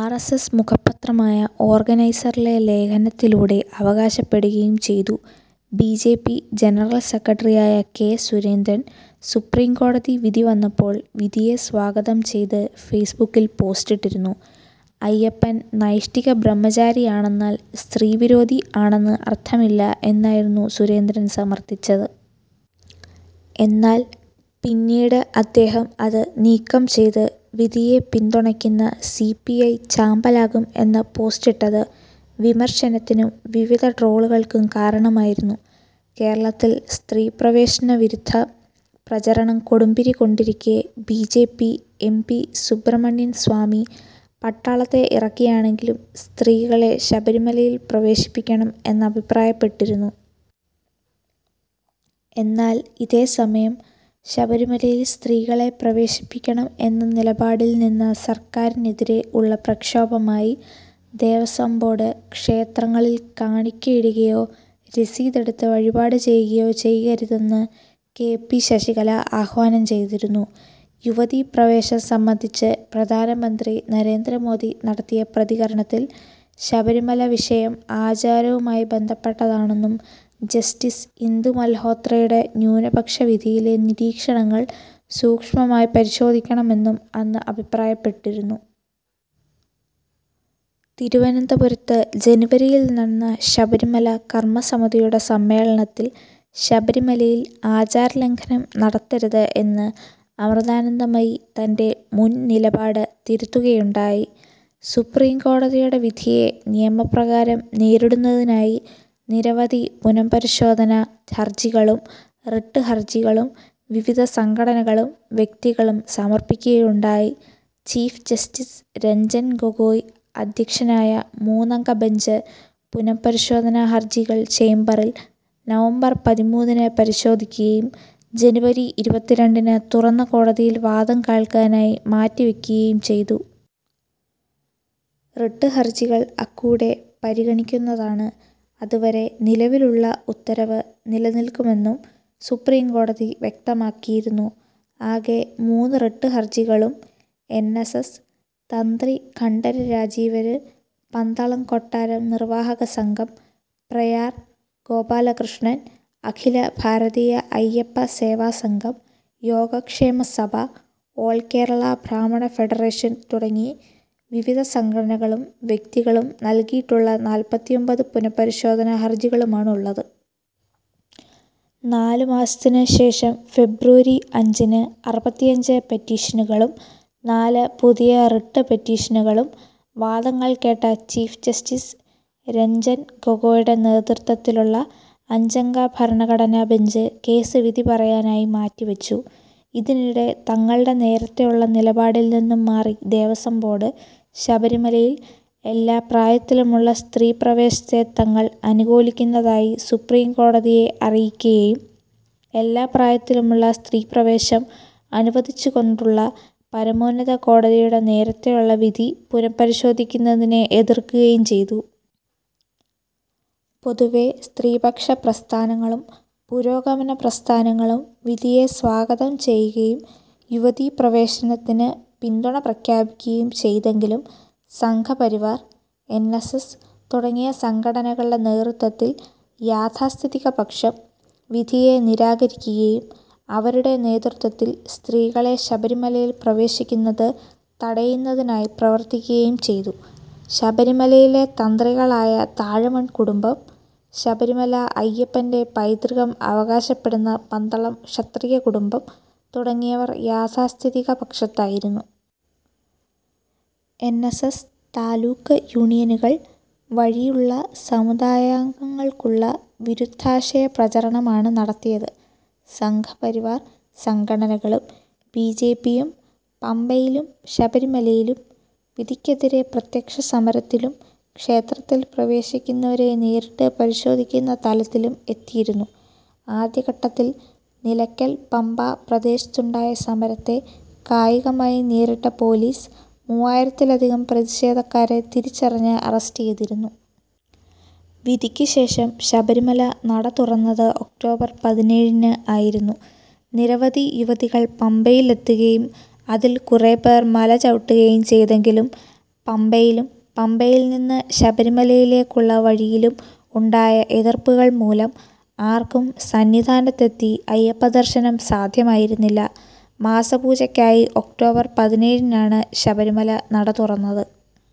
R .S. S. മുഖപത്രമായ ഓർഗനൈസറിലെ ലേഖനത്തിലൂടെ അവകാശപ്പെടുകയും ചെയ്തു. B. J. P. General secretary ആയ കെ. സുരേന്ദ്രൻ സുപ്രീം കോടതി വിധി വന്നപ്പോൾ വിധിയെ സ്വാഗതം ചെയ്ത് ഫേസ്ബുക്കിൽ പോസ്റ്റിട്ടിരുന്നു. അയ്യപ്പൻ നൈഷ്ഠികബ്രഹ്മചാരി ആണെന്നാൽ സ്ത്രീവിരോധി ആണെന്ന് അർത്ഥമില്ല എന്നായിരുന്നു സുരേന്ദ്രൻ സമർത്ഥിച്ചത്. എന്നാൽ പിന്നീട് അദ്ദേഹം അത് നീക്കം ചെയ്ത് വിധിയെ പിന്തുണയ്ക്കുന്ന സി. പി. ഐ. ചാമ്പലാകും എന്ന് പോസ്റ്റിട്ടത് വിമർശനത്തിനും വിവിധ ട്രോളുകൾക്കും കാരണമായിരുന്നു. കേരളത്തിൽ സ്ത്രീ പ്രവേശന വിരുദ്ധ പ്രചരണം കൊടുമ്പിരി കൊണ്ടിരിക്കെ B. J. P, M. P. Subramanian Swamy പട്ടാളത്തെ ഇറക്കിയാണെങ്കിലും സ്ത്രീകളെ ശബരിമലയിൽ പ്രവേശിപ്പിക്കണം എന്നഭിപ്രായപ്പെട്ടിരുന്നു. എന്നാൽ ഇതേ സമയം ശബരിമലയിൽ സ്ത്രീകളെ പ്രവേശിപ്പിക്കണം എന്ന നിലപാടിൽ നിന്ന സർക്കാരിനെതിരെ ഉള്ള പ്രക്ഷോഭമായി ദേവസ്വം ബോർഡ് ക്ഷേത്രങ്ങളിൽ കാണിക്കയിടുകയോ രസീതെടുത്ത് വഴിപാട് ചെയ്യുകയോ ചെയ്യരുതെന്ന് കെ. പി. ശശികല ആഹ്വാനം ചെയ്തിരുന്നു. യുവതീപ്രവേശം സംബന്ധിച്ച് പ്രധാനമന്ത്രി നരേന്ദ്ര മോദി നടത്തിയ പ്രതികരണത്തിൽ, ശബരിമല വിഷയം ആചാരവുമായി ബന്ധപ്പെട്ടതാണെന്നും ജസ്റ്റിസ് ഇന്ദു മൽഹോത്രയുടെ ന്യൂനപക്ഷ വിധിയിലെ നിരീക്ഷണങ്ങൾ സൂക്ഷ്മമായി പരിശോധിക്കണമെന്നും അന്ന് അഭിപ്രായപ്പെട്ടിരുന്നു. തിരുവനന്തപുരത്ത് ജനുവരിയിൽ നടന്ന ശബരിമല കർമ്മസമിതിയുടെ സമ്മേളനത്തിൽ ശബരിമലയിൽ ആചാരലംഘനം നടത്തരുത് എന്ന് അമൃതാനന്ദമയി തന്റെ മുൻനിലപാട് തിരുത്തുകയുണ്ടായി. സുപ്രീം കോടതിയുടെ വിധിയെ നിയമപ്രകാരം നേരിടുന്നതിനായി നിരവധി പുനഃപരിശോധനാ ഹർജികളും റിട്ട് ഹർജികളും വിവിധ സംഘടനകളും വ്യക്തികളും സമർപ്പിക്കുകയുണ്ടായി. ചീഫ് ജസ്റ്റിസ് രഞ്ജൻ ഗൊഗോയ് അദ്ധ്യക്ഷനായ മൂന്നംഗ ബെഞ്ച് പുനഃപരിശോധനാ ഹർജികൾ ചേംബറിൽ, നവംബർ പതിമൂന്നിന് പരിശോധിക്കുകയും ജനുവരി ഇരുപത്തിരണ്ടിന് തുറന്ന കോടതിയിൽ വാദം കേൾക്കാനായി മാറ്റി വെക്കുകയും ചെയ്തു. റിട്ട് ഹർജികൾ അക്കൂടെ പരിഗണിക്കുന്നതാണ്. അതുവരെ നിലവിലുള്ള ഉത്തരവ് നിലനിൽക്കുമെന്നും സുപ്രീം കോടതി വ്യക്തമാക്കിയിരുന്നു. ആകെ മൂന്ന് റിട്ട് ഹർജികളും N. S. S, Tantri Kantararu Rajeevaru, Pandalam കൊട്ടാരം നിർവാഹക സംഘം, പ്രയാർ ഗോപാലകൃഷ്ണൻ, അഖില ഭാരതീയ അയ്യപ്പ സേവാ സംഘം, യോഗക്ഷേമ സഭ, ഓൾ കേരള ബ്രാഹ്മണ ഫെഡറേഷൻ തുടങ്ങി വിവിധ സംഘടനകളും വ്യക്തികളും നൽകിയിട്ടുള്ള നാല്പത്തിയൊമ്പത് പുനഃപരിശോധനാ ഹർജികളുമാണുള്ളത്. നാലുമാസത്തിനുശേഷം ഫെബ്രുവരി അഞ്ചിന് അറുപത്തിഅഞ്ച് പെറ്റീഷനുകളും നാല് പുതിയ റിട്ട് പെറ്റീഷനുകളും വാദങ്ങൾ കേട്ട ചീഫ് ജസ്റ്റിസ് രഞ്ജൻ ഗൊഗോയിയുടെ നേതൃത്വത്തിലുള്ള അഞ്ചംഗഭരണഘടനാബെഞ്ച് കേസ് വിധിപറയാനായി മാറ്റിവച്ചു. ഇതിനിടെ തങ്ങളുടെ നേരത്തെയുള്ള നിലപാടിൽ നിന്നും മാറി ദേവസ്വം ബോർഡ് ശബരിമലയിൽ എല്ലാപ്രായത്തിലുമുള്ള സ്ത്രീപ്രവേശത്തെ തങ്ങൾ അനുകൂലിക്കുന്നതായി സുപ്രീം കോടതിയെ അറിയിക്കുകയും എല്ലാപ്രായത്തിലുമുള്ള സ്ത്രീപ്രവേശം അനുവദിച്ചുകൊണ്ടുള്ള പരമോന്നതകോടതിയുടെ നേരത്തെയുള്ള വിധി പുനഃപരിശോധിക്കുന്നതിനെ എതിർക്കുകയും ചെയ്തു. പൊതുവേ സ്ത്രീപക്ഷ പ്രസ്ഥാനങ്ങളും പുരോഗമനപ്രസ്ഥാനങ്ങളും വിധിയെ സ്വാഗതം ചെയ്യുകയും യുവതീപ്രവേശനത്തിന് പിന്തുണപ്രഖ്യാപിക്കുകയും ചെയ്തെങ്കിലും; സംഘപരിവാർ, എൻ. എസ്. എസ്. തുടങ്ങിയ സംഘടനകളുടെ നേതൃത്വത്തിൽ യാഥാസ്ഥിതികപക്ഷം വിധിയെ നിരാകരിക്കുകയും അവരുടെ നേതൃത്വത്തിൽ സ്ത്രീകളെ ശബരിമലയിൽ പ്രവേശിക്കുന്നത് തടയുന്നതിനായി പ്രവർത്തിക്കുകയും ചെയ്തു. ശബരിമലയിലെ തന്ത്രികളായ താഴമൺ കുടുംബം, ശബരിമല അയ്യപ്പന്റെ പൈതൃകം അവകാശപ്പെടുന്ന പന്തളം ക്ഷത്രിയ കുടുംബം തുടങ്ങിയവർ യാഥാസ്ഥിതിക പക്ഷത്തായിരുന്നു. എൻ. എസ്. എസ്., താലൂക്ക് യൂണിയനുകൾ വഴിയുള്ള സമുദായാംഗങ്ങൾക്കുള്ള വിരുദ്ധാശയ പ്രചരണമാണ് നടത്തിയത്. സംഘപരിവാർ സംഘടനകളും ബി. ജെ. പി. യും പമ്പയിലും ശബരിമലയിലും വിധിക്കെതിരെ പ്രത്യക്ഷസമരത്തിലും, ക്ഷേത്രത്തിൽ പ്രവേശിക്കുന്നവരെ നേരിട്ട് പരിശോധിക്കുന്ന തലത്തിലും എത്തിയിരുന്നു. ആദ്യഘട്ടത്തിൽ നിലയ്ക്കൽ-പമ്പ പ്രദേശത്തുണ്ടായ സമരത്തെ കായികമായി നേരിട്ട പോലീസ് മൂവായിരത്തിലധികം പ്രതിഷേധക്കാരെ തിരിച്ചറിഞ്ഞ് അറസ്റ്റ് ചെയ്തിരുന്നു. വിധിക്ക് ശേഷം ശബരിമല നട തുറന്നത് ഒക്ടോബർ പതിനേഴിന് ആയിരുന്നു. നിരവധി യുവതികൾ പമ്പയിലെത്തുകയും അതിൽ കുറേപ്പേർ മലചവിട്ടുകയും ചെയ്തെങ്കിലും, പമ്പയിലും പമ്പയിൽ നിന്ന് ശബരിമലയിലേക്കുള്ള വഴിയിലും ഉണ്ടായ എതിർപ്പുകൾ മൂലം ആർക്കും സന്നിധാനത്തെത്തി അയ്യപ്പദർശനം സാദ്ധ്യമായിരുന്നില്ല. മാസപൂജയ്ക്കായി ഒക്ടോബർ പതിനേഴിന് ആണ് ശബരിമല നട തുറന്നത്.